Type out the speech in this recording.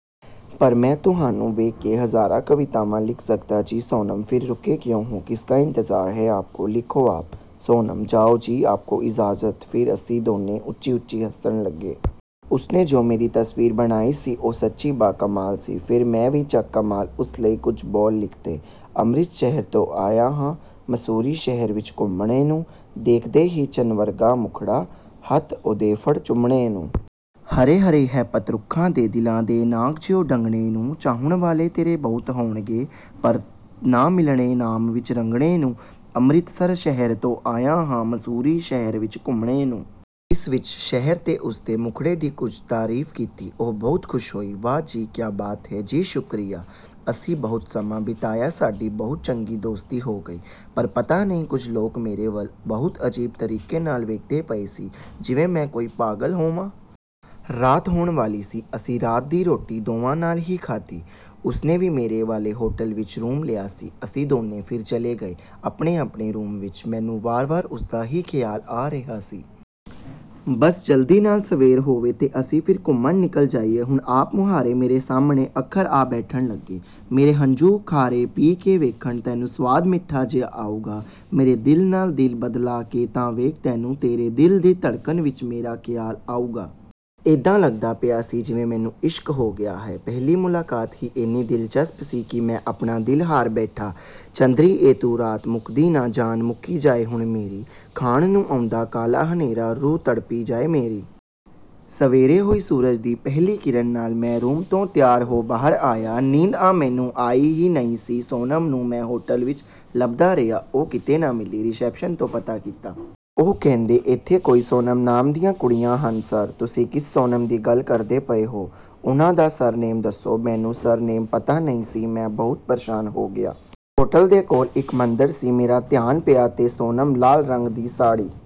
ਪਰ ਮੈਂ ਤੁਹਾਨੂੰ ਵੇਖ ਕੇ ਹਜ਼ਾਰਾਂ ਕਵਿਤਾਵਾਂ ਲਿਖ ਸਕਦਾ ਜੀ। ਸੋਨਮ: ਫਿਰ ਰੁਕੇ ਕਿਉਂ ਹੋ? ਕਿਸਕਾ ਇੰਤਜ਼ਾਰ ਹੈ ਆਪਕੋ? ਲਿਖੋ ਆਪ। ਸੋਨਮ: "ਜਾਓ ਜੀ, ਆਪਕੋ ਇਜਾਜ਼ਤ।" ਫੇਰ ਅਸੀਂ ਦੋਨੋਂ ਉੱਚੀ-ਉੱਚੀ ਹੱਸਣ ਲੱਗੇ। ਉਸਨੇ ਜੋ ਮੇਰੀ ਤਸਵੀਰ ਬਣਾਈ ਸੀ, ਉਹ ਸੱਚੀ ਬਾ-ਕਮਾਲ ਸੀ। ਫੇਰ ਮੈਂ ਵੀ ਚੱਕ ਕਮਾਲ, ਉਸ ਲਈ ਕੁਝ ਬੋਲ ਲਿਖਤੇ: "ਅੰਮ੍ਰਿਤਸਰ ਸ਼ਹਿਰ ਤੋਂ ਆਇਆ ਹਾਂ, ਮਸੂਰੀ ਸ਼ਹਿਰ ਵਿੱਚ ਘੁੰਮਣੇ ਨੂੰ, ਦੇਖ ਦੇ ਹੀ ਚੰਨ ਵਰਗਾ ਮੁੱਖੜਾ, ਹੱਥ ਉਹਦੇ ਫੜ ਚੁੰਮਣੇ ਨੂੰ। ਹਰੇ-ਹਰੇ ਹੈ ਪੱਤ ਰੁੱਖਾਂ ਦੇ, ਦਿਲਾਂ ਦੇ ਨਾਗ ਜਿਉਂ ਡੰਗਣੇ ਨੂੰ, ਚਾਹੁਣ ਵਾਲੇ ਤੇਰੇ ਬਹੁਤ ਹੋਣਗੇ, ਪਰ ਨਾ ਮਿਲਣੇ ਨਾਮ ਵਿੱਚ ਰੰਗਣੇ ਨੂੰ। ਅੰਮ੍ਰਿਤਸਰ ਸ਼ਹਿਰ ਤੋਂ ਆਇਆ ਹਾਂ, ਮਸੂਰੀ ਸ਼ਹਿਰ ਵਿੱਚ ਘੁੰਮਣੇ ਨੂੰ।" ਇਸ ਵਿੱਚ ਸ਼ਹਿਰ ਤੇ ਉਸਦੇ ਮੁੱਖੜੇ ਦੀ ਕੁਝ ਤਾਰੀਫ਼ ਕੀਤੀ। ਉਹ ਬਹੁਤ ਖੁਸ਼ ਹੋਈ। "ਵਾਅਹ! ਜੀ, ਕਿਆ ਬਾਤ ਹੈ।" "ਜੀ, ਸ਼ੁਕਰੀਆ।" ਅਸੀਂ ਬਹੁਤ ਸਮਾਂ ਬਿਤਾਇਆ, ਸਾਡੀ ਬਹੁਤ ਚੰਗੀ ਦੋਸਤੀ ਹੋ ਗਈ। ਪਰ ਪਤਾ ਨਹੀਂ ਕੁਝ ਲੋਕ ਮੇਰੇ ਵੱਲ ਬਹੁਤ ਅਜੀਬ ਤਰੀਕੇ ਨਾਲ ਵੇਖਦੇ ਪਏ ਸੀ, ਜਿਵੇਂ ਮੈਂ ਕੋਈ ਪਾਗਲ ਹੋਵਾਂ। ਰਾਤ ਹੋਣ ਵਾਲੀ ਸੀ। ਅਸੀਂ ਰਾਤ ਦੀ ਰੋਟੀ ਦੋਵਾਂ ਨਾਲ ਹੀ ਖਾਧੀ। ਉਸਨੇ ਵੀ ਮੇਰੇ ਵਾਲੇ ਹੋਟਲ ਵਿੱਚ ਰੂਮ ਲਿਆ ਸੀ। ਅਸੀਂ ਦੋਨੋਂ ਫਿਰ ਚਲੇ ਗਏ, ਆਪਣੇ-ਆਪਣੇ ਰੂਮ ਵਿੱਚ। ਮੈਨੂੰ ਵਾਰ-ਵਾਰ ਉਸਦਾ ਹੀ ਖਿਆਲ ਆ ਰਿਹਾ ਸੀ। ਬੱਸ ਜਲਦੀ ਨਾਲ ਸਵੇਰ ਹੋਵੇ ਤੇ ਅਸੀਂ ਫਿਰ ਘੁੰਮਣ ਨਿਕਲ ਜਾਈਏ। ਹੁਣ ਆਪ-ਮੁਹਾਰੇ ਮੇਰੇ ਸਾਹਮਣੇ ਅੱਖਰ ਆ ਬੈਠਣ ਲੱਗੇ। "ਮੇਰੇ ਹੰਝੂ ਖਾਰੇ ਪੀ ਕੇ ਵੇਖ, ਤੈਨੂੰ ਸਵਾਦ ਮਿੱਠਾ ਜਿਹਾ ਆਉਗਾ, ਮੇਰੇ ਦਿਲ ਨਾਲ ਦਿਲ ਬਦਲਾ ਕੇ ਤਾਂ ਵੇਖ, ਤੈਨੂੰ ਤੇਰੀ ਦਿਲ ਦੀ ਧੜਕਣ ਵਿੱਚ ਮੇਰਾ ਖਿਆਲ ਆਉਗਾ।" ਏਦਾਂ ਲੱਗਦਾ ਪਿਆ ਸੀ, ਜਿਵੇਂ ਮੈਨੂੰ ਇਸ਼ਕ ਹੋ ਗਿਆ ਹੈ। ਪਹਿਲੀ ਮੁਲਾਕਾਤ ਹੀ ਏਨੀ ਦਿਲਚਸਪ ਸੀ ਕਿ ਮੈਂ ਆਪਣਾ ਦਿਲ ਹਾਰ ਬੈਠਾਂ। "ਚੰਦਰੀ ਏ ਰਾਤ ਮੁੱਕਦੀ ਨਾ, ਜਾਨ ਮੁੱਕੀ ਜਾਏ ਹੁਣ ਮੇਰੀ। ਖਾਣ ਨੂੰ ਆਉਂਦਾ ਕਾਲਾ ਹਨੇਰਾ, ਰੂਹ ਤੜਪੀ ਜਾਏ ਮੇਰੀ।" ਸਵੇਰੇ ਹੋਈ ਸੂਰਜ ਦੀ ਪਹਿਲੀ ਕਿਰਣ ਨਾਲ ਮੈਂ ਰੂਮ ਤੋਂ ਤਿਆਰ ਹੋ ਬਾਹਰ ਆਇਆ। ਨੀਂਦ ਤਾਂ ਮੈਨੂੰ ਆਈ ਹੀ ਨਹੀਂ ਸੀ। ਸੋਨਮ ਨੂੰ ਮੈਂ ਹੋਟਲ ਵਿੱਚ ਲੱਭਦਾ ਰਿਹਾ, ਉਹ ਕਿਤੇ ਨਾ ਮਿਲੀ। ਰਿਸੈਪਸ਼ਨ ਤੋਂ ਪਤਾ ਕੀਤਾ। ਉਹ ਕਹਿੰਦੇ, "ਏਥੇ ਕਈ ਸੋਨਮ ਨਾਮ ਦੀਆਂ ਕੁੜੀਆਂ ਹਨ, ਸਰ। ਤੁਸੀਂ ਕਿਸ ਸੋਨਮ ਦੀ ਗੱਲ ਕਰਦੇ ਪਏ ਹੋ? ਉਹਨਾਂ ਦਾ ਸਰ ਨੇਮ ਦੱਸੋ।" ਮੈਨੂੰ ਸਰ ਨੇਮ ਪਤਾ ਨਹੀਂ ਸੀ। ਮੈਂ ਬਹੁਤ ਪਰੇਸ਼ਾਨ ਹੋ ਗਿਆ। ਹੋਟਲ ਦੇ ਕੋਲ ਇੱਕ ਮੰਦਰ ਸੀ। ਮੇਰਾ ਧਿਆਨ ਪਿਆ ਤੇ ਸੋਨਮ ਲਾਲ ਰੰਗ ਦੀ ਸਾੜੀ...